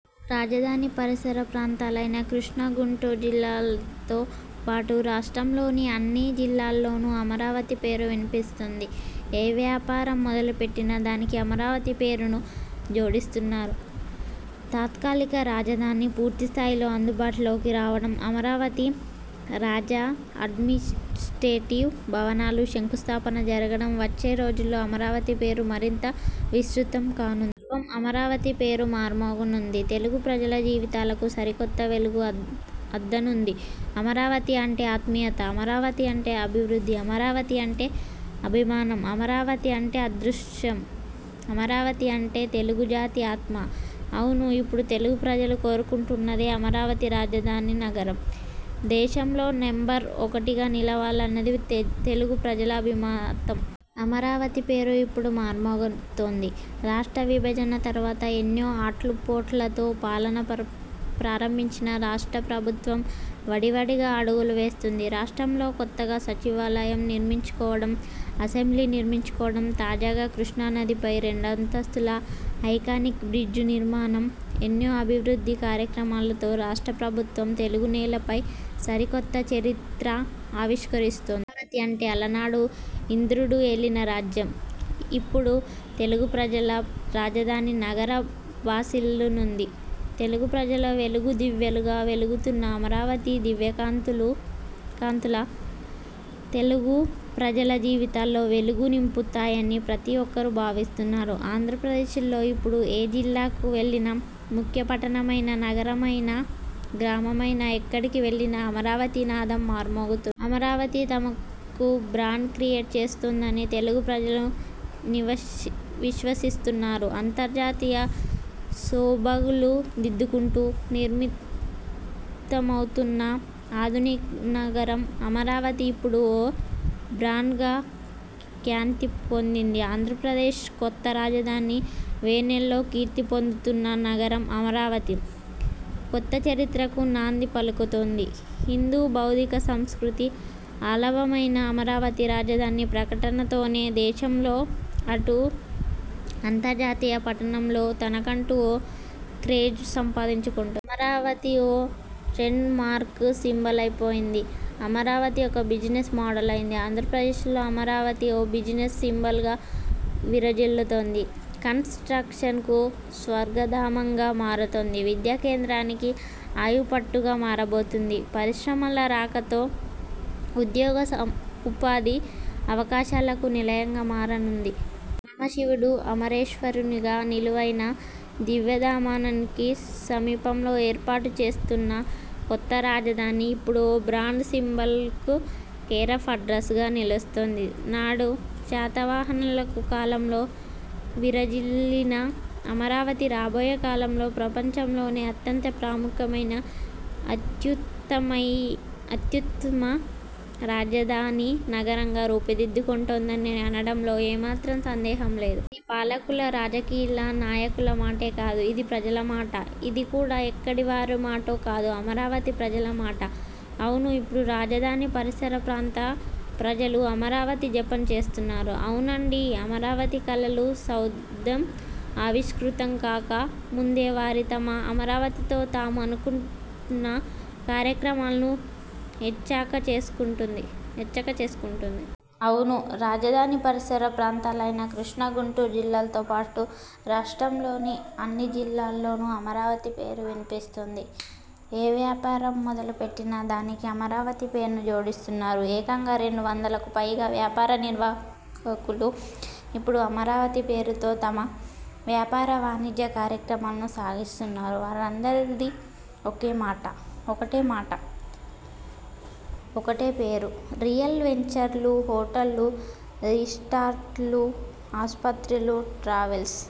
రాజధాని పరిసర ప్రాంతాలైన కృష్ణా, గుంటూరు జిల్లాలతో పాటు, రాష్ట్రంలోని అన్ని జిల్లాల్లోనూ అమరావతి పేరు వినిపిస్తోంది. ఏ వ్యాపారం మొదలుపెట్టినా దానికి అమరావతి పేరును జోడిస్తున్నారు. తాత్కాలిక రాజధాని పూర్తి స్థాయిలో అందుబాటులోకి రావడం, అమరావతి రాజధాని అడ్మినిస్ట్రేటివ్ భవనాలకు శంకుస్థాపన జరగడం వచ్చే రోజుల్లో అమరావతి పేరు మరింత విస్తృతం కానుంది. సర్వం అమరావతి పేరు మార్మోగనుంది. తెలుగు ప్రజల జీవితాలకు సరికొత్త వెలుగులు అద్దనుంది. అమరావతి అంటే ఆత్మీయత, అమరావతి అంటే అభివృద్ధి, అమరావతి అంటే అభిమానం, అమరావతి అంటే అదృష్టం, అమరావతి అంటే తెలుగు జాతి ఆత్మ. అవును ఇప్పుడు తెలుగు ప్రజలు కోరుకుంటున్నదదే. అమరావతి రాజధాని నగరం దేశంలోనే నెంబర్ ఒకటిగా నిలవాలన్నది తెలుగు ప్రజల అభిమాతం. అమరావతి పేరు ఇప్పుడు మార్మోగుతోంది. రాష్ట్ర విభజన తర్వాత ఎన్నో ఆటుపోట్లతో పాలన ప్రారంభించిన రాష్ట్ర ప్రభుత్వం వడివడిగా అడగులు వేస్తోంది. రాష్ట్రంలో కొత్తగా సచివాలయం నిర్మించుకోవడం, అసెంబ్లీ నిర్మించుకోవడం తాజాగా కృష్ణానదిపై రెండస్తుల ఐకానిక్ బ్రిడ్జి నిర్మాణం ఇలా ఎన్నో అభివృద్ధి కార్యక్రమాలతో రాష్ట్ర ప్రభుత్వం తెలుగునేలపై సరికొత్త చరిత్ర ఆవిష్కరిస్తోంది. అమరావతి అంటే అలనాడు ఇంద్రుడు ఏలిన రాజ్యం. ఇప్పుడు తెలుగు ప్రజల రాజధానీ నగరంగా భాసిల్లనుంది. తెలుగు ప్రజల వెలుగు దివ్వెగా వెలుగుతున్న అమరావతి దివ్యకాంతుల కాంతుల తెలుగు ప్రజల జీవితాల్లో వెలుగులు నింపుతాయని ప్రతిఒక్కరూ భావిస్తున్నారు. ఆంధ్రప్రదేశ్లో ఇప్పుడు ఏ జిల్లాకు వెళ్లినా, ముఖ్యపట్టణమైనా, నగరమైనా, గ్రామమైనాఎక్కడకు వెళ్లినా అమరావతి నాదం మార్మోగుతోంది. అమరావతి తమకు బ్రాండ్ క్రియేట్ చేస్తోందని తెలుగు ప్రజలు విశ్వసిస్తున్నారు. అంతర్జాతీయ సొబగులు దిద్దుకుంటూ నిర్మితమవుతున్న ఆధునిక నగరం అమరావతి ఇప్పుడు ఓ బ్రాండ్గా ఖ్యాతి పొందుతోంది. ఆంధ్రప్రదేశ్ కొత్త రాజధానిగా వేనోళ్ల కీర్తి పొందుతున్న నగరంగా అమరావతి కొత్త చరిత్రకు నాంది పలుకుతోంది. హిందూ, బౌద్ధ సంస్కృతికి ఆలవాలమైన అమరావతి రాజధాని ప్రకటనతోనే దేశంలోనూ, అటు అంతర్జాతీయ పటంలోనూ తనకంటూ ఓ క్రేజ్ సంపాదించుకుంటోంది. అమరావతి ఓ ట్రేడ్ మార్క్ సింబలై పోయింది. అమరావతి ఒక బిజినెస్ మోడల్ అయింది. ఆంధ్రప్రదేశ్లో అమరావతి ఓ బిజినెస్ సింబల్గా విరాజిల్లుతోంది. కన్స్ ట్రాక్షన్ కు స్వర్గధామంగా మారుతోంది. విద్యా కేంద్రానికి ఆయువుపట్టుగా మారబోతోంది. పరిశ్రమల రాకతో ఉద్యోగ, ఉపాధి అవకాశాలకు నిలయంగా మారనుంది. పరమశివుడు అమరేశ్వరునిగా కొలువైన దివ్యధామానికి సమీపంలో ఏర్పాటు చేస్తున్న కొత్త రాజధాని ఇప్పుడు ఓ బ్రాండ్ సింబల్కు కేరాఫ్ అడ్రస్ గా నిలుస్తోంది. నాడు శాతవాహనుల కాలంలో విరాజిల్లిన అమరావతి రాబోయే కాలంలో ప్రపంచంలోనే అత్యంత ప్రాముఖ్యమైన, అత్యుత్తమ రాజధాని నగరంగా రూపుదిద్దుకుంటుందని అనడంలో ఏమాత్రం సందేహం లేదు. ఇది పాలకుల, రాజకీయ నాయకుల మాటే కాదు, ఇది ప్రజల మాట. అది కూడా ఎక్కడి వారి మాటో కాదు, అమరావతి ప్రజల మాట. అవును ఇప్పుడు రాజధాని పరిసర ప్రాంత ప్రజలు అమరావతి జపం చేస్తున్నారు. అవునండీ అమరావతి కలల సౌధం ఆవిష్కృతం కాక ముందే వారు తమ అమరావతితో తాము అనుకున్న కార్యక్రమాలను హెచక్కా చేసుకుంటుది హెచ్చాక చూసుకుంటుంది అవును రాజధాని పరిసర ప్రాంతాలైన కృష్ణా, గుంటూరు జిల్లాలతో పాటు, రాష్ట్రంలోని అన్ని జిల్లాల్లోనూ అమరావతి పేరు వినిపిస్తోంది. ఏ వ్యాపారం మొదలుపెట్టినా దానికి అమరావతి పేరును జోడిస్తున్నారు. ఏకంగా రెండు వందలకు పైగా వ్యాపార నిర్వాహకులు ఇప్పుడు అమరావతి పేరుతో తమ వ్యాపార వాణిజ్య కార్యక్రమాలను సాగిస్తున్నారు వారందరిదీ ఒకటే మాట, ఒకటే పేరు. రియల్ వెంచర్లు, హోటళ్లు, రిసార్టులు, ఆసుపత్రులు, ట్రావెల్స్,